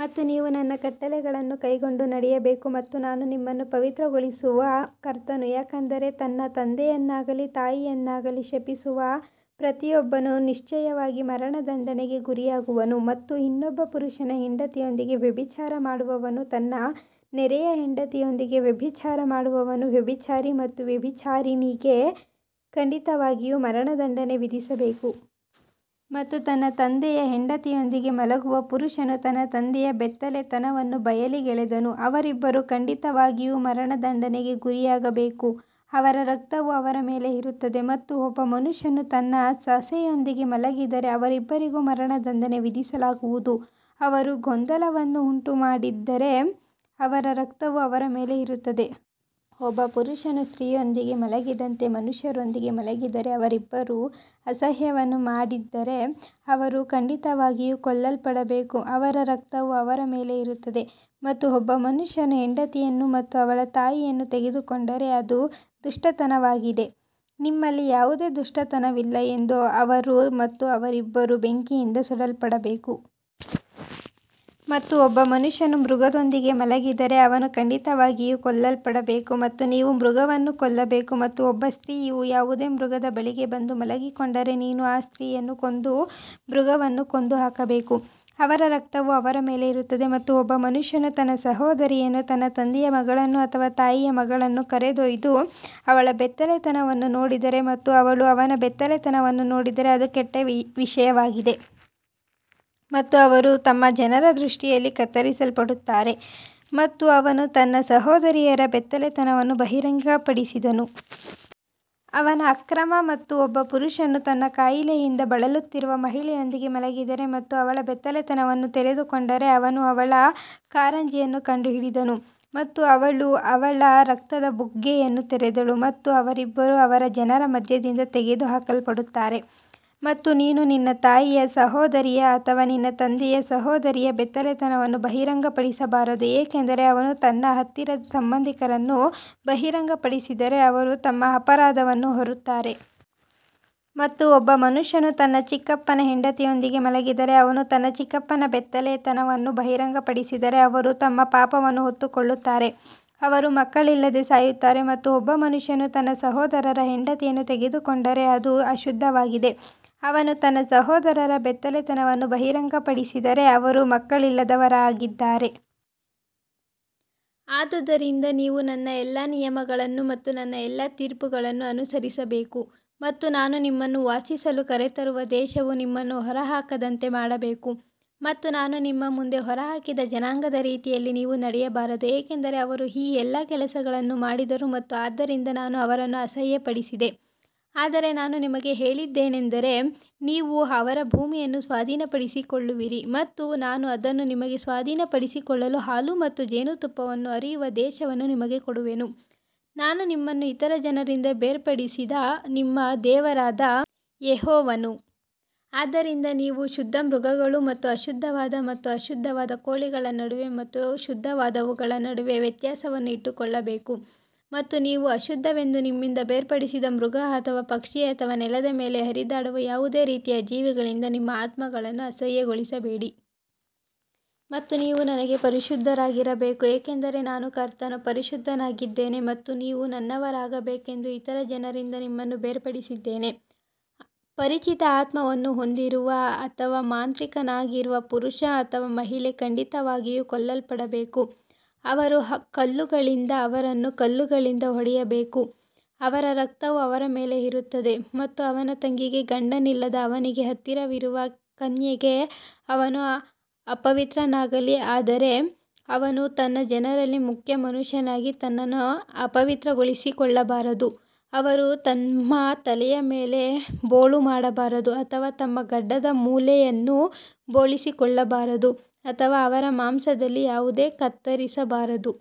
ಮತ್ತು ನೀವು ನನ್ನ ಕಟ್ಟಳೆಗಳನ್ನು ಕೈಕೊಂಡು ನಡೆಯಬೇಕು ಮತ್ತು ನಾನು ನಿಮ್ಮನ್ನು ಪವಿತ್ರಗೊಳಿಸುವ ಕರ್ತನು ಯಾಕಂದರೆ ತನ್ನ ತಂದೆಯನ್ನಾಗಲಿ ತಾಯಿಯನ್ನಾಗಲಿ ಶಪಿಸುವ ಪ್ರತಿಯೊಬ್ಬನು ನಿಶ್ಚಯವಾಗಿ ಮರಣದಂಡನೆಗೆ ಗುರಿಯಾಗುವನು ಮತ್ತು ಇನ್ನೊಬ್ಬ ಪುರುಷನ ಹೆಂಡತಿಯೊಂದಿಗೆ ವ್ಯಭಿಚಾರ ಮಾಡುವವನು ತನ್ನ ನೆರೆಯ ಹೆಂಡತಿಯೊಂದಿಗೆ ವ್ಯಭಿಚಾರ ಮಾಡುವವನು ವ್ಯಭಿಚಾರಿ ಮತ್ತು ವ್ಯಭಿಚಾರಿಣಿಗೆ ಖಂಡಿತವಾಗಿಯೂ ಮರಣದಂಡನೆ ವಿಧಿಸಬೇಕು. ಮತ್ತು ತನ್ನ ತಂದೆಯ ಹೆಂಡತಿಯೊಂದಿಗೆ ಮಲಗುವ ಪುರುಷನು ತನ್ನ ತಂದೆಯ ಬೆತ್ತಲೆತನವನ್ನು ಬಯಲಿಗೆಳೆದನು, ಅವರಿಬ್ಬರೂ ಖಂಡಿತವಾಗಿಯೂ ಮರಣದಂಡನೆಗೆ ಗುರಿಯಾಗಬೇಕು ಅವರ ರಕ್ತವು ಅವರ ಮೇಲೆ ಇರುತ್ತದೆ. ಮತ್ತು ಒಬ್ಬ ಮನುಷ್ಯನು ತನ್ನ ಸೊಸೆಯೊಂದಿಗೆ ಮಲಗಿದರೆ ಅವರಿಬ್ಬರಿಗೂ ಮರಣದಂಡನೆ ವಿಧಿಸಲಾಗುವುದು, ಅವರು ಗೊಂದಲವನ್ನು ಉಂಟುಮಾಡಿದ್ದಾರೆ ಅವರ ರಕ್ತವು ಅವರ ಮೇಲೆ ಇರುತ್ತದೆ. ಒಬ್ಬ ಪುರುಷನು ಸ್ತ್ರೀಯೊಂದಿಗೆ ಮಲಗಿದಂತೆ ಮನುಷ್ಯರೊಂದಿಗೆ ಮಲಗಿದರೆ ಅವರಿಬ್ಬರೂ ಅಸಹ್ಯವನ್ನು ಮಾಡಿದ್ದರೆ ಅವರು ಖಂಡಿತವಾಗಿಯೂ ಕೊಲ್ಲಲ್ಪಡಬೇಕು ಅವರ ರಕ್ತವು ಅವರ ಮೇಲೆ ಇರುತ್ತದೆ. ಮತ್ತು ಒಬ್ಬ ಮನುಷ್ಯನು ಹೆಂಡತಿಯನ್ನು ಮತ್ತು ಅವಳ ತಾಯಿಯನ್ನು ತೆಗೆದುಕೊಂಡರೆ ಅದು ದುಷ್ಟತನವಾಗಿದೆ, ನಿಮ್ಮಲ್ಲಿ ಯಾವುದೇ ದುಷ್ಟತನವಿಲ್ಲ ಎಂದು ಅವರು ಮತ್ತು ಅವರಿಬ್ಬರೂ ಬೆಂಕಿಯಿಂದ ಸುಡಲ್ಪಡಬೇಕು. ಮತ್ತು ಒಬ್ಬ ಮನುಷ್ಯನು ಮೃಗದೊಂದಿಗೆ ಮಲಗಿದರೆ ಅವನು ಖಂಡಿತವಾಗಿಯೂ ಕೊಲ್ಲಲ್ಪಡಬೇಕು ಮತ್ತು ನೀವು ಮೃಗವನ್ನು ಕೊಲ್ಲಬೇಕು. ಮತ್ತು ಒಬ್ಬ ಸ್ತ್ರೀಯು ಯಾವುದೇ ಮೃಗದ ಬಳಿಗೆ ಬಂದು ಮಲಗಿಕೊಂಡರೆ ನೀನು ಆ ಸ್ತ್ರೀಯನ್ನು ಕೊಂದು ಮೃಗವನ್ನು ಕೊಂದು ಹಾಕಬೇಕು, ಅವರ ರಕ್ತವು ಅವರ ಮೇಲೆ ಇರುತ್ತದೆ. ಮತ್ತು ಒಬ್ಬ ಮನುಷ್ಯನು ತನ್ನ ಸಹೋದರಿಯನ್ನು ತನ್ನ ತಂದೆಯ ಮಗಳನ್ನು ಅಥವಾ ತಾಯಿಯ ಮಗಳನ್ನು ಕರೆದೊಯ್ದು ಅವಳ ಬೆತ್ತಲೆತನವನ್ನು ನೋಡಿದರೆ ಮತ್ತು ಅವಳು ಅವನ ಬೆತ್ತಲೆತನವನ್ನು ನೋಡಿದರೆ ಅದು ಕೆಟ್ಟ ವಿಷಯವಾಗಿದೆ ಮತ್ತು ಅವರು ತಮ್ಮ ಜನರ ದೃಷ್ಟಿಯಲ್ಲಿ ಕತ್ತರಿಸಲ್ಪಡುತ್ತಾರೆ ಮತ್ತು ಅವನು ತನ್ನ ಸಹೋದರಿಯರ ಬೆತ್ತಲೆತನವನ್ನು ಬಹಿರಂಗಪಡಿಸಿದನು. ಅವನ ಅಕ್ರಮ ಮತ್ತು ಒಬ್ಬ ಪುರುಷನು ತನ್ನ ಕಾಯಿಲೆಯಿಂದ ಬಳಲುತ್ತಿರುವ ಮಹಿಳೆಯೊಂದಿಗೆ ಮಲಗಿದರೆ ಮತ್ತು ಅವಳ ಬೆತ್ತಲೆತನವನ್ನು ತೆರೆದುಕೊಂಡರೆ ಅವನು ಅವಳ ಕಾರಂಜಿಯನ್ನು ಕಂಡುಹಿಡಿದನು ಮತ್ತು ಅವಳು ಅವಳ ರಕ್ತದ ಬುಗ್ಗೆಯನ್ನು ತೆರೆದಳು ಮತ್ತು ಅವರಿಬ್ಬರೂ ಅವರ ಜನರ ಮಧ್ಯದಿಂದ ತೆಗೆದುಹಾಕಲ್ಪಡುತ್ತಾರೆ. ಮತ್ತು ನೀನು ನಿನ್ನ ತಾಯಿಯ ಸಹೋದರಿಯ ಅಥವಾ ನಿನ್ನ ತಂದೆಯ ಸಹೋದರಿಯ ಬೆತ್ತಲೆತನವನ್ನು ಬಹಿರಂಗಪಡಿಸಬಾರದು ಏಕೆಂದರೆ ಅವನು ತನ್ನ ಹತ್ತಿರದ ಸಂಬಂಧಿಕರನ್ನು ಬಹಿರಂಗಪಡಿಸಿದರೆ ಅವರು ತಮ್ಮ ಅಪರಾಧವನ್ನು ಹೊರುತ್ತಾರೆ. ಮತ್ತು ಒಬ್ಬ ಮನುಷ್ಯನು ತನ್ನ ಚಿಕ್ಕಪ್ಪನ ಹೆಂಡತಿಯೊಂದಿಗೆ ಮಲಗಿದರೆ ಅವನು ತನ್ನ ಚಿಕ್ಕಪ್ಪನ ಬೆತ್ತಲೆತನವನ್ನು ಬಹಿರಂಗಪಡಿಸಿದರೆ ಅವರು ತಮ್ಮ ಪಾಪವನ್ನು ಹೊತ್ತುಕೊಳ್ಳುತ್ತಾರೆ ಅವರು ಮಕ್ಕಳಿಲ್ಲದೆ ಸಾಯುತ್ತಾರೆ. ಮತ್ತು ಒಬ್ಬ ಮನುಷ್ಯನು ತನ್ನ ಸಹೋದರರ ಹೆಂಡತಿಯನ್ನು ತೆಗೆದುಕೊಂಡರೆ ಅದು ಅಶುದ್ಧವಾಗಿದೆ, ಅವನು ತನ್ನ ಸಹೋದರರ ಬೆತ್ತಲೆತನವನ್ನು ಬಹಿರಂಗಪಡಿಸಿದರೆ ಅವರು ಮಕ್ಕಳಿಲ್ಲದವರಾಗಿದ್ದಾರೆ. ಆದುದರಿಂದ ನೀವು ನನ್ನ ಎಲ್ಲಾ ನಿಯಮಗಳನ್ನು ಮತ್ತು ನನ್ನ ಎಲ್ಲಾ ತೀರ್ಪುಗಳನ್ನು ಅನುಸರಿಸಬೇಕು ಮತ್ತು ನಾನು ನಿಮ್ಮನ್ನು ವಾಸಿಸಲು ಕರೆತರುವ ದೇಶವು ನಿಮ್ಮನ್ನು ಹೊರಹಾಕದಂತೆ ಮಾಡಬೇಕು. ಮತ್ತು ನಾನು ನಿಮ್ಮ ಮುಂದೆ ಹೊರಹಾಕಿದ ಜನಾಂಗದ ರೀತಿಯಲ್ಲಿ ನೀವು ನಡೆಯಬಾರದು, ಏಕೆಂದರೆ ಅವರು ಈ ಎಲ್ಲಾ ಕೆಲಸಗಳನ್ನು ಮಾಡಿದರು ಮತ್ತು ಆದ್ದರಿಂದ ನಾನು ಅವರನ್ನು ಅಸಹ್ಯಪಡಿಸಿದೆ ಆದರೆ ನಾನು ನಿಮಗೆ ಹೇಳಿದ್ದೇನೆಂದರೆ ನೀವು ಅವರ ಭೂಮಿಯನ್ನು ಸ್ವಾಧೀನಪಡಿಸಿಕೊಳ್ಳುವಿರಿ ಮತ್ತು ನಾನು ಅದನ್ನು ನಿಮಗೆ ಸ್ವಾಧೀನಪಡಿಸಿಕೊಳ್ಳಲು ಹಾಲು ಮತ್ತು ಜೇನುತುಪ್ಪವನ್ನು ಹರಿಯುವ ದೇಶವನ್ನು ನಿಮಗೆ ಕೊಡುವೆನು, ನಾನು ನಿಮ್ಮನ್ನು ಇತರ ಜನರಿಂದ ಬೇರ್ಪಡಿಸಿದ ನಿಮ್ಮ ದೇವರಾದ ಯೆಹೋವನು. ಆದ್ದರಿಂದ ನೀವು ಶುದ್ಧ ಮೃಗಗಳು ಮತ್ತು ಅಶುದ್ಧವಾದ ಮತ್ತು ಅಶುದ್ಧವಾದ ಕೋಳಿಗಳ ನಡುವೆ ಮತ್ತು ಶುದ್ಧವಾದವುಗಳ ನಡುವೆ ವ್ಯತ್ಯಾಸವನ್ನು ಇಟ್ಟುಕೊಳ್ಳಬೇಕು ಮತ್ತು ನೀವು ಅಶುದ್ಧವೆಂದು ನಿಮ್ಮಿಂದ ಬೇರ್ಪಡಿಸಿದ ಮೃಗ ಅಥವಾ ಪಕ್ಷಿ ಅಥವಾ ನೆಲದ ಮೇಲೆ ಹರಿದಾಡುವ ಯಾವುದೇ ರೀತಿಯ ಜೀವಿಗಳಿಂದ ನಿಮ್ಮ ಆತ್ಮಗಳನ್ನು ಅಸಹ್ಯಗೊಳಿಸಬೇಡಿ. ಮತ್ತು ನೀವು ನನಗೆ ಪರಿಶುದ್ಧರಾಗಿರಬೇಕು ಏಕೆಂದರೆ ನಾನು ಕರ್ತನು ಪರಿಶುದ್ಧನಾಗಿದ್ದೇನೆ ಮತ್ತು ನೀವು ನನ್ನವರಾಗಬೇಕೆಂದು ಇತರ ಜನರಿಂದ ನಿಮ್ಮನ್ನು ಬೇರ್ಪಡಿಸಿದ್ದೇನೆ. ಪರಿಚಿತ ಆತ್ಮವನ್ನು ಹೊಂದಿರುವ ಅಥವಾ ಮಾಂತ್ರಿಕನಾಗಿರುವ ಪುರುಷ ಅಥವಾ ಮಹಿಳೆ ಖಂಡಿತವಾಗಿಯೂ ಕೊಲ್ಲಲ್ಪಡಬೇಕು ಅವರು ಕಲ್ಲುಗಳಿಂದ ಅವರನ್ನು ಕಲ್ಲುಗಳಿಂದ ಹೊಡೆಯಬೇಕು ಅವರ ರಕ್ತವು ಅವರ ಮೇಲೆ ಇರುತ್ತದೆ ಮತ್ತು ಅವನ ತಂಗಿಗೆ ಗಂಡನಿಲ್ಲದ ಅವನಿಗೆ ಹತ್ತಿರವಿರುವ ಕನ್ಯೆಗೆ ಅವನು ಅಪವಿತ್ರನಾಗಲಿ ಆದರೆ ಅವನು ತನ್ನ ಜನರಲ್ಲಿ ಮುಖ್ಯ ಮನುಷ್ಯನಾಗಿ ತನ್ನನ್ನು ಅಪವಿತ್ರಗೊಳಿಸಿಕೊಳ್ಳಬಾರದು ಅವರು ತಮ್ಮ ತಲೆಯ ಮೇಲೆ ಬೋಳು ಮಾಡಬಾರದು ಅಥವಾ ತಮ್ಮ ಗಡ್ಡದ ಮೂಲೆಯನ್ನು ಬೋಳಿಸಿಕೊಳ್ಳಬಾರದು ಅಥವಾ ಅವರ ಮಾಂಸದಲ್ಲಿ ಯಾವುದೇ ಕತ್ತರಿಸಬಾರದು.